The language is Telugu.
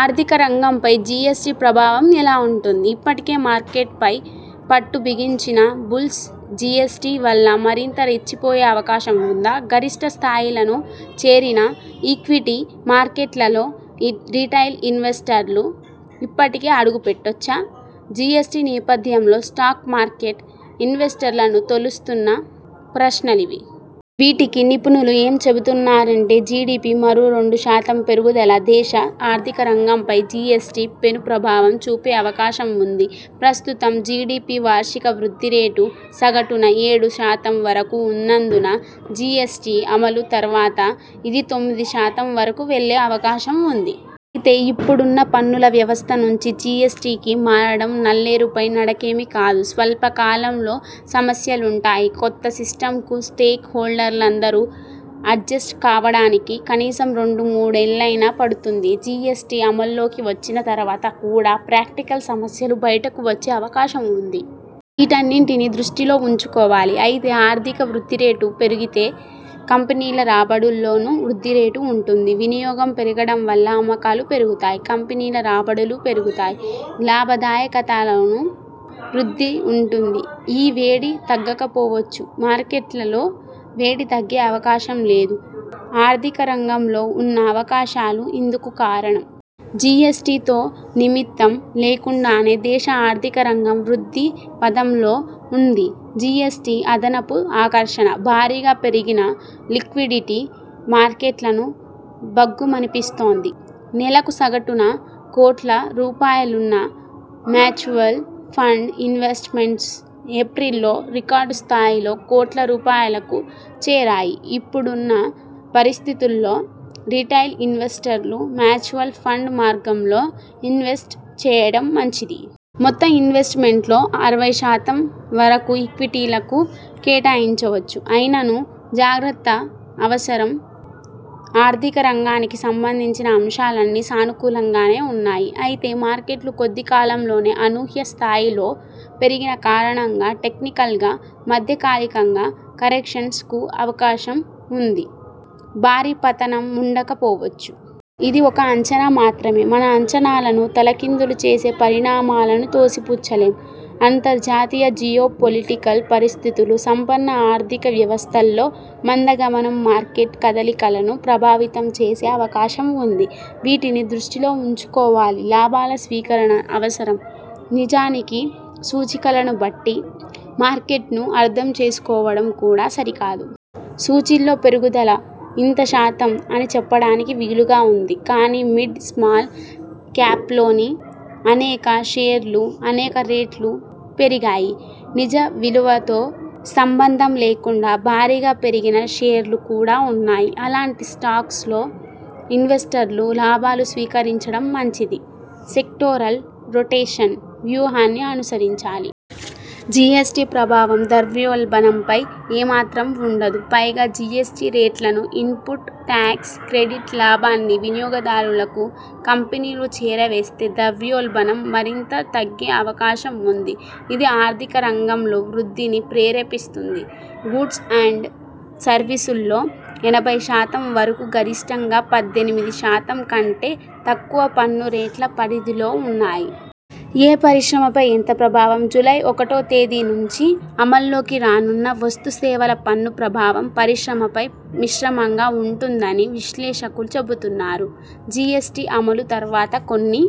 ఆర్థిక రంగంపై జిఎస్టి ప్రభావం ఎలా ఉంటుంది? ఇప్పటికే మార్కెట్ పై పట్టు బిగించిన బుల్స్ జిఎస్టి వల్ల మరింత రెచ్చిపోయే అవకాశం ఉందా? గరిష్ఠ స్థాయిలను చేరిన ఈక్విటీ మార్కెట్లలో ఇ రిటైల్ ఇన్వెస్టర్లు ఇప్పటికీ అడుగుపెట్టొచ్చా? జిఎస్టి నేపథ్యంలో స్టాక్ మార్కెట్ ఇన్వెస్టర్లను తొలుస్తున్న ప్రశ్నలివి. వీటికి నిపుణులు ఏం చెబుతున్నారంటే జిడిపి మరో రెండు శాతం పెరుగుదల దేశ ఆర్థిక రంగం పై జిఎ్సటి పెను ప్రభావం చూపే అవకాశం ఉంది. ప్రస్తుతం జిడిపి వార్షిక వృద్ధి రేటు సగటున ఏడు శాతం వరకు ఉన్నందున జిఎ్సటి అమలు తర్వాత ఇది తొమ్మిది శాతం వరకు వెళ్లే అవకాశం ఉంది. అయితే ఇప్పుడున్న పన్నుల వ్యవస్థ నుంచి జిఎ్సటి కి మారడం నల్లేరుపై నడకేమీ కాదు. స్వల్పకాలంలో సమస్యలుంటాయి. కొత్త సిస్టమ్కు స్టేక్ హోల్డర్లందరూ అడ్జెస్ట్ కావడానికి కనీసం రెండు మూడేళ్లయినా పడుతుంది. జిఎ్సటి అమల్లోకి వచ్చిన తర్వాత కూడా ప్రాక్టికల్ సమస్యలు బయటకు వచ్చే అవకాశం ఉంది. వీటన్నింటినీ దృష్టిలో ఉంచుకోవాలి. అయితే, ఆర్థిక వృద్ధి రేటు పెరిగితే కంపెనీల రాబడుల్లోనూ వృద్ధి రేటు ఉంటుంది. వినియోగం పెరగడం వల్ల అమ్మకాలు పెరుగుతాయి. కంపెనీల రాబడులూ పెరుగుతాయి. లాభదాయకతాలోనూ వృద్ధి ఉంటుంది. ఈ వేడి తగ్గకపోవచ్చుమార్కెట్లలో వేడి తగ్గే అవకాశం లేదు. ఆర్థిక రంగంలో ఉన్న అవకాశాలు ఇందుకు కారణం. జిఎ్సటి తో నిమిత్తం లేకుండానే దేశ ఆర్థిక రంగం వృద్ధిపథంలో ఉంది. జిఎ్సటి అదనపు ఆకర్షణ. భారీగా పెరిగిన లిక్విడిటీ మార్కెట్లను భగ్గుమనిపిస్తోంది. నెలకు సగటున కోట్ల రూపాయలున్న మ్యాచువల్ ఫండ్ ఇన్వెస్ట్ మెంట్స్ ఏప్రిల్లో రికార్డు స్థాయిలో కోట్ల రూపాయలకు చేరాయి. ఇప్పుడున్న పరిస్థితుల్లో రిటైల్ ఇన్వెస్టర్లు మ్యాచువల్ ఫండ్ మార్గంలో ఇన్వెస్ట్ చేయడం మంచిది. మొత్తం ఇన్వెస్ట్ మెంట్లో అరవై శాతం వరకు ఈక్విటీలకు కేటాయించవచ్చు. అయిననూ జాగ్రత్త అవసరం ఆర్థిక రంగానికి సంబంధించిన అంశాలన్నీ సానుకూలంగానే ఉన్నాయి. అయితే మార్కెట్లు కొద్ది కాలంలోనే అనూహ్య స్థాయిలో పెరిగిన కారణంగా టెక్నికల్గా మధ్య కాలికంగా కరెక్షన్స్ కు అవకాశం ఉంది. భారీ పతనం ఉండక పోవచ్చు. ఇది ఒక అంచనా మాత్రమే. మన అంచనాలను తలకిందులు చేసే పరిణామాలను తోసి పుచ్చలేం. అంతర్జాతీయ జియో పొలిటికల్ పరిస్థితులు, సంపన్న ఆర్థిక వ్యవస్థల్లో మంద గమనం మార్కెట్ కదలికలను ప్రభావితం చేసే అవకాశం ఉంది. వీటిని దృష్టిలో ఉంచుకోవాలి. లాభాల స్వీకరణ అవసరం నిజానికి సూచీకాలను బట్టి మార్కెట్ను అర్ధం చేసుకోవడం కూడా సరికాదు. సూచీల్లో పెరుగుదల ఇంత శాతం అని చెప్పడానికి వీలుగా ఉంది. కానీ మిడ్, స్మాల్ క్యాప్లోని అనేక షేర్లు అనేక రెట్లు పెరిగాయి. నిజ విలువతో సంబంధం లేకుండా భారీగా పెరిగిన షేర్లు కూడా ఉన్నాయి. అలాంటి స్టాక్స్లో ఇన్వెస్టర్లు లాభాలు స్వీకరించడం మంచిది. సెక్టోరల్ రొటేషన్ వ్యూహాన్ని అనుసరించాలి. జిఎ్సటి ప్రభావం ద్రవ్యోల్బణంపై ఏమాత్రం ఉండదు. పైగా జిఎ్సటి రేట్లనూ, ఇన్పుట్ టాక్స్ క్రెడిట్ లాభాన్ని వినియోగదారలకు కంపెనీలు చేరవేస్తే ద్రవ్యోల్బణం మరింత తగ్గే అవకాశం ఉంది. ఇది ఆర్థిక రంగంలో వృద్ధిని ప్రేరేపిస్తుంది. గూడ్స్ అండ్ సర్వీసుల్లో ఎనభై శాతం వరకు గరిష్ఠంగా పద్దెనిమిది శాతం కంటే తక్కువ పన్ను రేట్ల పరిధిలో ఉన్నాయి. ఏ పరిశ్రమపై ఎంత ప్రభావం? జూలై ఒకటో తేదీ నుంచి అమల్లోకి రానున్న వస్తు సేవల పన్ను ప్రభావం పరిశ్రమపై మిశ్రమంగా ఉంటుందని విశ్లేషకులు చెబుతున్నారు. జిఎ్సటి అమలు తర్వాత కొన్ని